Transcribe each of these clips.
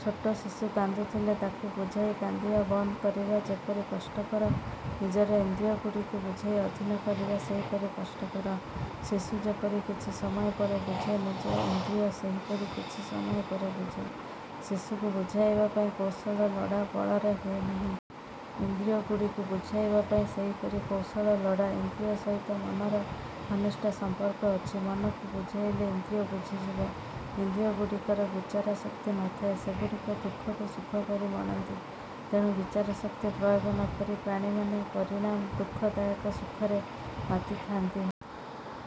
ଛୋଟ ଶିଶୁ କାନ୍ଦୁଥିଲେ ତାକୁ ବୁଝାଇ କନ୍ଦିବା ବନ୍ଦ କରିବା ଯେପରି କଷ୍ଟକର ନିଜର ଇନ୍ଦ୍ରିୟଗୁଡ଼ିକୁ ବୁଝାଇ ଅଧୀନ କରିବା ସେହିପରି କଷ୍ଟକର। ଶିଶୁ ଯେପରି କିଛି ସମୟ ପରେ ବୁଝେ ନିଜଇନ୍ଦ୍ରିୟ ସେହିପରି କିଛି ସମୟ ପରେ ବୁଝେ। ଶିଶୁକୁ ବୁଝାଇବା ପାଇଁ କୌଶକ ଲୋଡ଼ା ବଳରେ ହୁଏ ନାହିଁ। ଇନ୍ଦ୍ରିୟଗୁଡ଼ିକୁ ବୁଝାଇବା ପାଇଁ ସେହିପରି କୌଶଳ ଲୋଡ଼ା। ଇନ୍ଦ୍ରିୟ ସହିତ ମନର ଘନିଷ୍ଠ ସମ୍ପର୍କ ଅଛି। ମନକୁ ବୁଝିଇଲେ ଇନ୍ଦ୍ରିୟ ବୁଝିଯିବ। ଇନ୍ଦ୍ରିୟଗୁଡ଼ିକର ବିଚାରଶକ୍ତି ନ ଥାଏ। ସେଗୁଡ଼ିକ ଦୁଃଖକୁ ସୁଖପରି ମଣନ୍ତି। ତେଣୁ ବିଚାରଶକ୍ତି ପ୍ରୟୋଗ ନ କରି ପ୍ରାଣୀମାନେ ପରିଣାମ ଦୁଃଖ ଦାୟକ ସୁଖରେ ମାତିଥାନ୍ତି।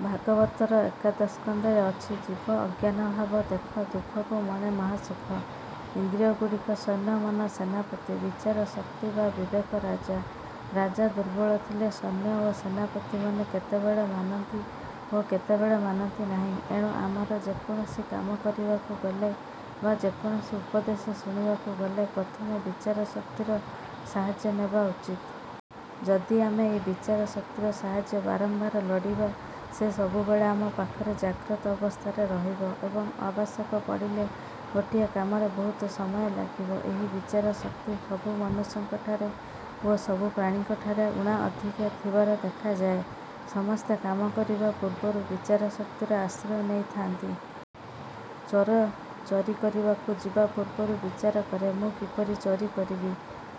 ଭାଗବତର ଏକାଦଶସ୍କନ୍ଧରେ ଅଛି ଜୀବ ଅଜ୍ଞାନ ଭାବ ଦେଖ ଦୁଃଖକୁ ମଣେ ମହାସୁଖ। ଇନ୍ଦ୍ରିୟଗୁଡ଼ିକ ସୈନ୍ୟ ମନ ସେନାପତି, ବିଚାରଶକ୍ତି ବା ବିବେକ ରାଜା। ରାଜା ଦୁର୍ବଳ ଥିଲେ ସୈନ୍ୟ ଓ ସେନାପତିମାନେ କେତବେଳେ ମାନନ୍ତି ଓ କେତେବଳେ ମାନନ୍ତି ନାହିଁ। ଏଣୁ ଆମର ଯେ କୌଣସି କାମ କରିବାକୁ ଗଲେ ବା ଯେ କୌଣସି ଉପଦେଶ ଶୁଣିବାକୁ ଗଲେ, ପ୍ରଥମେ ବିଚାରଶକ୍ତିର ସାହାଯ୍ୟ ନେବା ଉଚିତ। ଯଦି ଆମେ ଏହି ବିଚାରଶକ୍ତିର ସାହାଯ୍ୟ ବାରମ୍ବାର ଲୋଡ଼ିବା, ସେ ସବୁବେଳେ ଆମ ପାଖରେ ଜାଗ୍ରତ ଅବସ୍ଥାରେ ରହିବ ଏବଂ ଆବଶ୍ୟକ ପଡ଼ିଲେ ଗୋଟିଏ କାମରେ ବହୁତ ସମୟ ଲାଗିବ। ଏହି ବିଚାରଶକ୍ତି ସବୁ ମନୁଷ୍ୟଙ୍କଠାରେ ଓ ସବୁ ପ୍ରାଣୀଙ୍କଠାରେ ଊଣାଅଧିକେ ଥିବାର ଦେଖାଯାଏ। ସମସ୍ତେ କାମ କରିବା ପୂର୍ବରୁ ବିଚାରଶକ୍ତିର ଆଶ୍ରୟ ନେଇଥାନ୍ତି। ଚୋର ଚୋରି କରିବାକୁ ଯିବା ପୂର୍ବରୁ ବିଚାର କରେ, ମୁଁ କିପରି ଚୋରି କରିବି,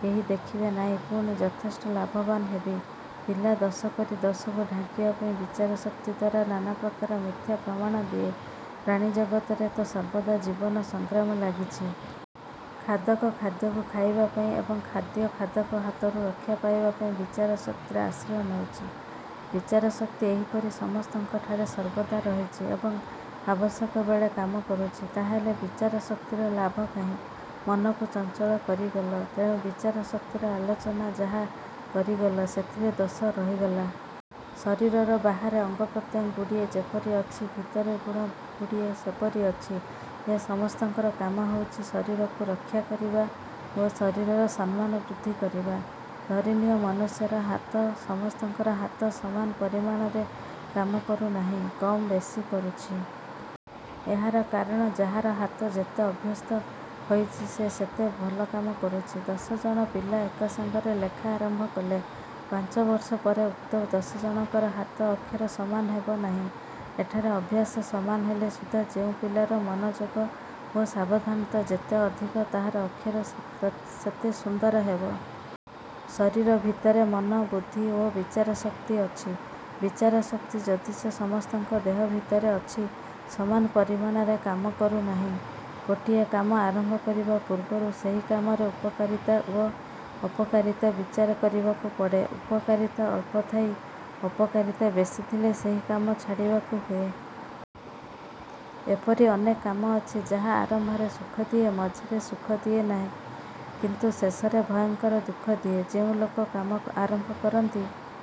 କେହି ଦେଖିବେ ନାହିଁ, ପୁଣି ଯଥେଷ୍ଟ ଲାଭବାନ ହେବି। ପିଲା ଦୋଷ କରି ଦୋଷକୁ ଢାଙ୍କିବା ପାଇଁ ବିଚାରଶକ୍ତି ଦ୍ଵାରା ନାନାପ୍ରକାର ମିଥ୍ୟା ପ୍ରମାଣ ଦିଏ। ପ୍ରାଣିଜଗତରେ ତ ସର୍ବଦା ଜୀବନ ସଂଗ୍ରାମ ଲାଗିଛି। ଖାଦକ ଖାଦ୍ୟକୁ ଖାଇବା ପାଇଁ ଏବଂ ଖାଦ୍ୟ ଖାଦକ ହାତରୁ ରକ୍ଷା ପାଇବା ପାଇଁ ବିଚାରଶକ୍ତିର ଆଶ୍ରୟ ନେଉଛି। ବିଚାରଶକ୍ତି ଏହିପରି ସମସ୍ତଙ୍କ ଠାରେ ସର୍ବଦା ରହିଛି ଏବଂ ଆବଶ୍ୟକ ବେଳେ କାମ କରୁଛି। ତା'ହେଲେ ବିଚାରଶକ୍ତିର ଲାଭ କାହିଁ? ମନକୁ ଚଞ୍ଚଳ କରିଗଲ। ତେଣୁ ବିଚାରଶକ୍ତିର ଆଲୋଚନା ଯାହା କରିଗଲ, ସେଥିରେ ଦୋଷ ରହିଗଲା। ଶରୀରର ବାହାରେ ଅଙ୍ଗପ୍ରତ୍ୟଙ୍ଗ ଗୁଡ଼ିଏ ଯେପରି ଅଛି ଭିତରେ ଗୁଣ ଗୁଡ଼ିଏ ସେପରି ଅଛି। ଏ ସମସ୍ତଙ୍କର କାମ ହେଉଛି ଶରୀରକୁ ରକ୍ଷା କରିବା ଓ ଶରୀରର ସମ୍ମାନ ବୃଦ୍ଧି କରିବା। ଧରିନିଅ, ମନୁଷ୍ୟର ହାତ। ସମସ୍ତଙ୍କର ହାତ ସମାନ ପରିମାଣରେ କାମ କରୁନାହିଁ, କମ୍ ବେଶୀ କରୁଛି। ଏହାର କାରଣ ଯାହାର ହାତ ଯେତେ ଅଭ୍ୟସ୍ତ ହୋଇଛି ସେ ତେତେ ଭଲ କାମ କରୁଛି। ଦଶଜଣ ପିଲା ଏକ ସଙ୍ଗରେ ଲେଖା ଆରମ୍ଭ କଲେ, ପାଞ୍ଚ ବର୍ଷ ପରେ ଉକ୍ତ ଦଶଜଣଙ୍କର ହାତ ଅକ୍ଷର ସମାନ ହେବ ନାହିଁ। ଏଠାରେ ଅଭ୍ୟାସ ସମାନ ହେଲେ ସୁଦ୍ଧା ଯେଉଁ ପିଲାର ମନୋଯୋଗ ଓ ସାବଧାନତା ଯେତେ ଅଧିକ ତାହାର ଅକ୍ଷର ତେତେ ସୁନ୍ଦର ହେବ। ଶରୀର ଭିତରେ ମନ, ବୁଦ୍ଧି ଓ ବିଚାରଶକ୍ତି ଅଛି। ବିଚାରଶକ୍ତି ଯଦିଚ ସମସ୍ତଙ୍କ ଦେହ ଭିତରେ ଅଛି, ସମାନ ପରିମାଣରେ କାମ କରୁନାହିଁ। ଗୋଟିଏ କାମ ଆରମ୍ଭ କରିବା ପୂର୍ବରୁ ସେହି କାମର ଉପକାରିତା ଓ ଅପକାରିତା ବିଚାର କରିବାକୁ ପଡ଼େ। ଉପକାରିତା ଅଳ୍ପ ଥାଇ ଅପକାରିତା ବେଶୀ ଥିଲେ ସେହି କାମ ଛାଡ଼ିବାକୁ ହୁଏ। ଏପରି ଅନେକ କାମ ଅଛି, ଯାହା ଆରମ୍ଭରେ ସୁଖଦିଏ, ମଝିରେ ସୁଖ ଦିଏ ନାହିଁ ଶେଷରେ ଭୟଙ୍କର ଦୁଃଖ ଦିଏ। ଯେଉଁ ଲୋକ କାମ ଆରମ୍ଭ କରନ୍ତି -